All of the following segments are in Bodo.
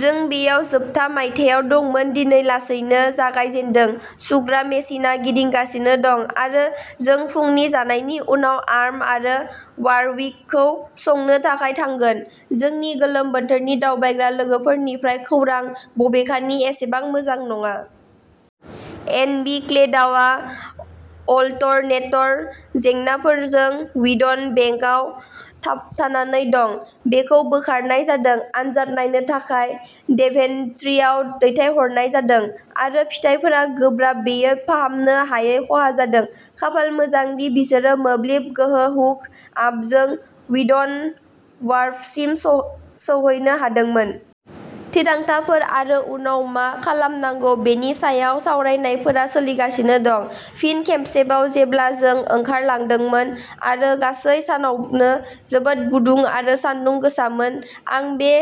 जों बेयाव जोबथा मायथाइयाव दंमोन दिनै लासैनो जागाय जेनदों सुग्रा मेसिनआ गिदिंगासिनो दं आरो जों फुंनि जानायनि उनाव आर्म आरो वारविकखौ संनो थाखाय थांगोन। जोंनि गोलोम बोथोरनि दावबायग्रा लोगोफोरनिफ्राय खौरां, बबेखानि, एसेबां मोजां नङा। एन बि क्लेडाउआ अल्टरनेटर जेंनाफोरजों वीडन बेकआव थाबथानानै दं। बेखौ बोखारनाय जादों, आनजाद नायनो थाखाय डेभेन्ट्रीआव दैथायहरनाय जादों आरो फिथायफोरा गोब्राब बेयो फाहामनो हायै खहा जादों। खाफाल मोजां दि बिसोरो मोब्लिब गोहो हुक आपजों वीडन वार्फसिम सौहैनो हादोंमोन। थिरांथाफोर आरो उनाव मा खालामनांगौ बेनि सायाव सावरायनायफोरा सोलिगासिनो दं। फिन खेबसेबाव जेब्ला जों ओंखारलांदोंमोन आरो गासै सानावनो जोबोद गुदुं आरो सान्दुं गोसामोन। आं बे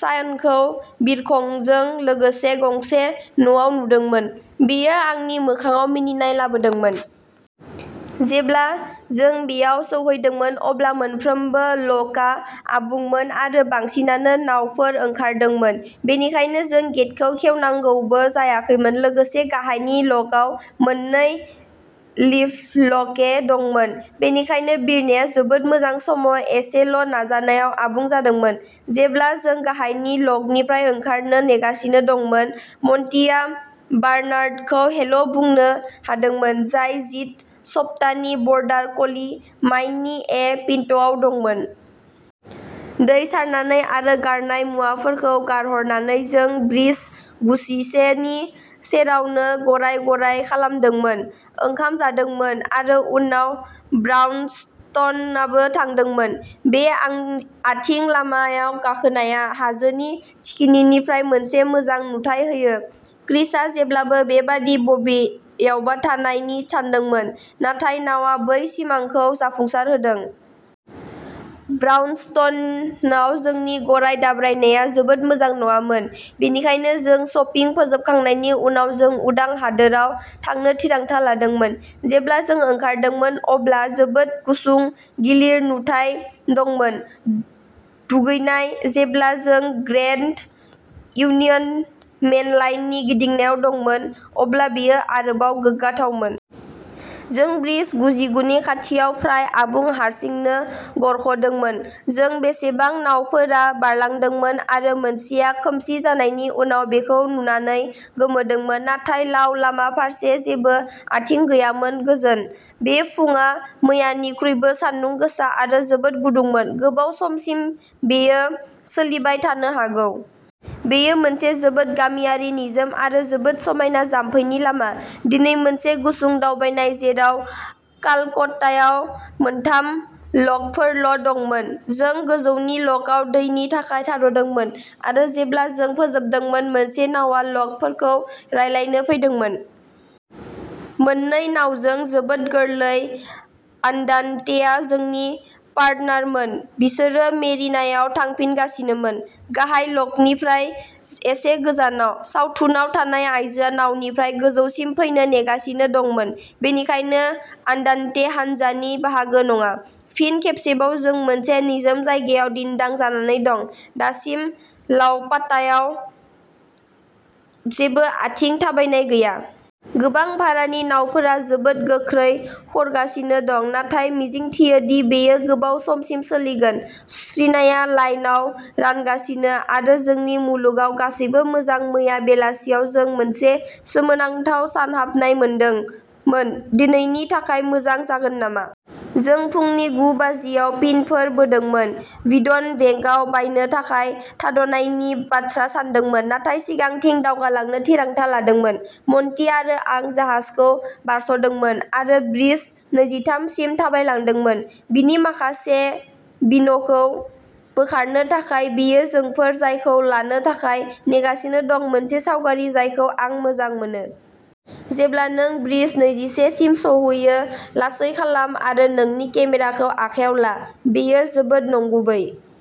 साइनखौ बिरखंजों लोगोसे गंसे न'आव नुदोंमोन बेयो आंनि मोखांआव मिनिनाय लाबोदोंमोन। जेब्ला जों बेयाव सौहैदोंमोन अब्ला मोनफ्रोमबो लकआ आबुंमोन आरो बांसिनानो नावफोर ओंखारदोंमोन। बेनिखायनो जों गेटखौ खेवनांगौबो जायाखैमोन। लोगोसे गाहायनि ल'कआव मोननै भिएलके दंमोन, बेनिखायनो बिरनाया जोबोद मोजां समाव आरो एसेल'नाजानायाव आबुं जादोंमोन। जेब्ला जों गाहायनि ल'कनिफ्राय ओंखारनो नेगासिनो दंमोन, मन्टिआ बार्नार्डखौ'हेल'बुंनो हादोंमोन, जाय जिद सप्तानि बर्डार कलि, माइननि ए पिन्टआव दंमोन। दै सारनानै आरो गारनाय मुवाफोरखौ गारहरनानै जों ब्रिज गुजिसे नि सेरावनो गराय-गराय खालामदोंमोन, ओंखाम जादोंमोन आरो उनाव ब्राउनस्टनआवनो थांदोंमोन। बे आथिं लामा आव गाखोनाया हाजोनि थिखिनिनिफ्राय मोनसे मोजां नुथाय होयो। क्रिसआ जेब्लाबो बेबादि बबेयावबा थानायनि सानदोंमोन, नाथाय नावआ बै सिमांखौ जाफुंसार होदों! ब्राउनस्टनआव जोंनि गराय दाब्रायनाया जोबोद मोजां नङामोन, बेनिखायनो जों शपिं फोजोबखांनायनि उनाव जों उदां हादोराव थांनो थिरांथा लादोंमोन। जेब्ला जों ओंखारदोंमोन, अब्ला जोबोद गुसुं गिलिर नुथाय दंमोन। दुगैनाय। जेब्ला जों ग्रेन्ड इउनियन मेनलाइननि गिदिंनायाव दंमोन, अब्ला बेयो आरोबाव गोग्गाथावमोन। जों ब्रिज गुजुिगुनि खाथियाव फ्राय आबुं हारसिंनो गरख'दोंमोन। जों बेसेबां नावफोरा बारलांदोंमोन आरो मोनसेआ खोमसि जानायनि उनाव, बेखौ नुनानै गोमोदोंमोन, नाथाय लाव लामा फारसे जेबो आथिं गैयामोन गोजोन। बे फुंआ मैयानिख्रुइबो सानदुं गोसा आरो जोबोद गुदुंमोन गोबाव समसिम बेयो सोलिबाय थानो हागौ। बेयो मोनसे जोबोद गामियारि निजोम आरो जोबोद समायना जाम्फैनि लामा। दिनै मोनसे गुसुं दावबायनाय, जेराव कालकटआव मोनथाम ल'कफोरल'दंमोन। जों गोजौनि ल'कआव दैनि थाखाय थाद'दोंमोन आरो जेब्ला जों फोजोबदोंमोन मोनसे नावआ ल'कफोरखौ रानलायनो फैदोंमोन। मोननै नावजों जोबोद गोरलै। आन्दान्तेआ जोंनि पार्टनारमोन-बिसोरो मेरिनायाव थांफिनगासिनोमोन, गाहाय ल'कनिफ्राय एसे गोजानाव। सावथुनाव थानाय आइजोआ नावनिफ्राय गोजौसिम फैनो नेगासिनो दंमोन, बेनिखायनो आन्दान्ते हान्जानि बाहागो नङा। फिन खेबसेबाव जों मोनसे निजोम जायगायाव दिन्दां जानानै दं, दासिम तावपाथआव जेबो आथिं थाबायनाय गैया। गोबां भारानि नावफोरा जोबोद गोख्रै खरगासिनो दं, नाथाय मिजिंथियो दि बेयो गोबाव समसिम सोलिगोन। सुस्रिनाया लाइनआव रानगासिनो आरो जोंनि मुलुगाव गासैबो मोजां। मैया बेलासियाव जों मोनसे सोमोनांथाव सानहाबनाय मोनदोंमोन। दिनैनि थाखाय मोजां जागोन नामा? जों फुंनि गु बाजिआव पिनफोर बोदोंमोन, वीडन बेकआव बायनो थाखाय थाद'नायनि बाथ्रा सानदोंमोन, नाथाय सिगांथिं दावगालांनो थिरांथा लादोंमोन। मन्टि आरो आं जाहाजखौ बारस'दोंमोन आरो ब्रिज नैजिथाम सिम थाबायलांदोंमोन बिनि माखासे'बिन'खौ बोखारनो थाखाय। बेयो जोंफोर, जायखौ लानो थाखाय नेगासिनो दं मोनसे सावगारि जायखौ आं मोजां मोनो। जेब्ला नों ब्रिज नैजिसे सिम सौहैयो, लासै खालाम आरो नोंनि केमेराखौ आखायाव ला। बेयो जोबोद नंगुबै ।